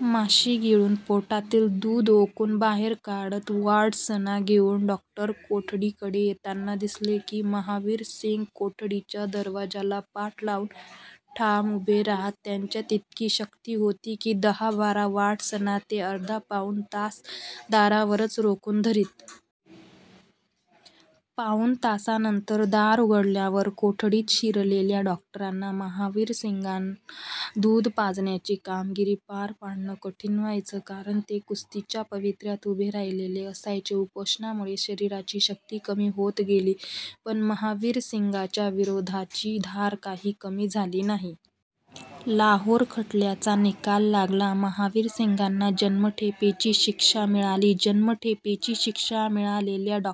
माशी गिळून पोटातील दूध ओकून बाहेर काढत. वॉर्डर्सना घेऊन डॉक्टर कोठडीकडे येताना दिसले की, महावीरसिंग कोठडीच्या दरवाजाला पाठ लावून ठाम उभे राहत. त्यांच्यात इतकी शक्ती होती की, दहा-बारा वॉर्डर्सना ते अर्धा-पाऊण तास दारावरच रोखून धरीत. पाऊण तासानंतर दार उघडल्यावर कोठडीत शिरलेल्या डॉक्टरांना, महावीरसिंगांना दूध पाजण्याची कामगिरी पार पाडणं कठीण व्हायचं; कारण ते कुस्तीच्या पवित्र्यात उभे राहिलेले असायचे. उपोषणामुळे शरीराची शक्ती कमी होत गेली, पण महावीरसिंगांच्या विरोधाची धार काही कमी झाली नाही. लाहोर खटल्याचा निकाल लागला. महावीरसिंगांना जन्मठेपेची शिक्षा मिळाली. जन्मठेपेची शिक्षा मिळालेल्या डॉ.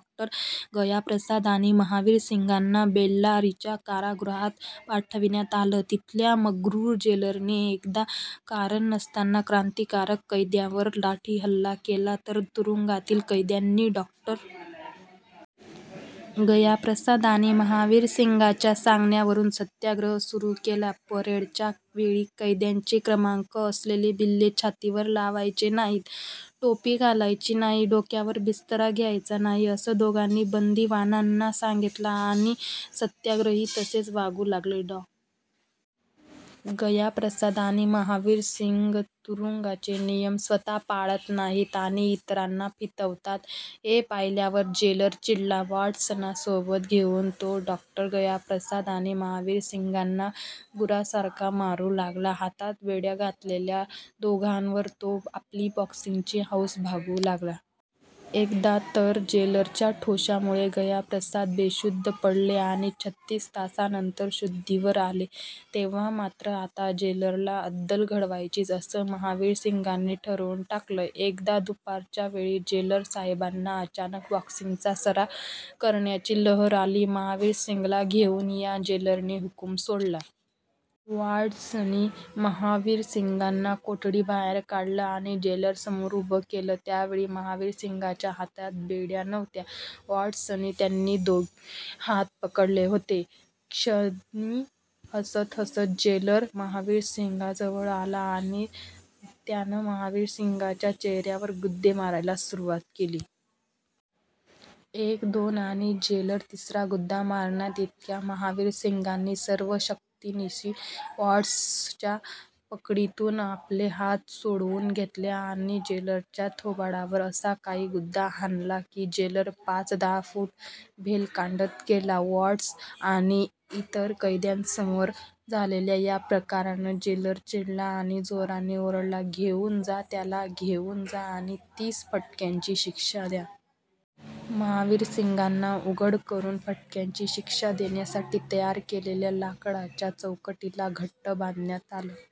गयाप्रसाद आणि महावीरसिंगांना बेल्लारीच्या कारागृहात पाठविण्यात आलं. तिथल्या मग्रूर जेलरने एकदा कारण नसताना क्रांतिकारक कैद्यांवर लाठीहल्ला केला तेव्हा तुरुंगातील कैद्यांनी डॉ. गयाप्रसाद आणि महावीरसिंगांच्या सांगण्यावरून सत्याग्रह सुरू केला. परेडच्या वेळी कैद्यांचे क्रमांक असलेले बिल्ले छातीवर लावायचे नाहीत, टोपी घालायची नाही, डोक्यावर बिस्तरा घ्यायचा नाही, असं दोघांनी बंदिवानांना सांगितलं आणि सत्याग्रही तसेच वागू लागले. डॉ. गयाप्रसाद आणि महावीरसिंग तुरुंगाचे नियम स्वतः पाळत नाहीत आणि इतरांना फितवतात, हे पाहिल्यावर जेलर चिडला. वॉर्डर्सना सोबत घेऊन तो डॉ. गयाप्रसाद आणि महावीरसिंगांना गुरासारखा मारू लागला. हातात बेड्या घातलेल्या दोघांवर तो आपली बॉक्सिंगची हौस भागवू लागला. एकदा तर जेलरच्या ठोशामुळे गयाप्रसाद बेशुद्ध पडले आणि छत्तीस तासांनंतर शुद्धीवर आले. तेव्हा मात्र आता 'जेलरला अद्दल घडवायचीच' असं महावीरसिंगांनी ठरवून टाकलं. एकदा दुपारच्या वेळी जेलरसाहेबांना अचानक बॉक्सिंगचा सराव करण्याची लहर आली. 'महावीरसिंगला घेऊन या' जेलरने हुकूम सोडला. वॉर्डर्सनी महावीरसिंगांना कोठडीबाहेर काढलं आणि जेलरसमोर उभं केलं. त्यावेळी महावीरसिंगांच्या हातात बेड्या नव्हत्या. वॉर्डर्सनी त्यांचे दोन्ही हात पकडले होते. छद्मी हसत हसत जेलर महावीरसिंगांजवळ आला आणि त्यानं महावीरसिंगांच्या चेहऱ्यावर गुद्दे मारायला सुरुवात केली. एक... दोन... आणि जेलर तिसरा गुद्दा मारणार इतक्यात महावीरसिंगांनी सर्व शक्तिनिशी वॉर्डर्सच्या पकडीतून आपले हात सोडवून घेतले आणि जेलरच्या थोबाडावर असा काही गुद्दा हाणला की, जेलर पाच-दहा फूट भेलकांडत गेला. वॉर्डर्स आणि इतर कैद्यांसमोर झालेल्या या प्रकारानं जेलर चिडला आणि जोराने ओरडला- 'घेऊन जा त्याला, घेऊन जा आणि तीस फटक्यांची शिक्षा द्या.' महावीरसिंगांना उघडं करून फटक्यांची शिक्षा देण्यासाठी तयार केलेल्या लाकडाच्या चौकटीला घट्ट बांधण्यात आलं.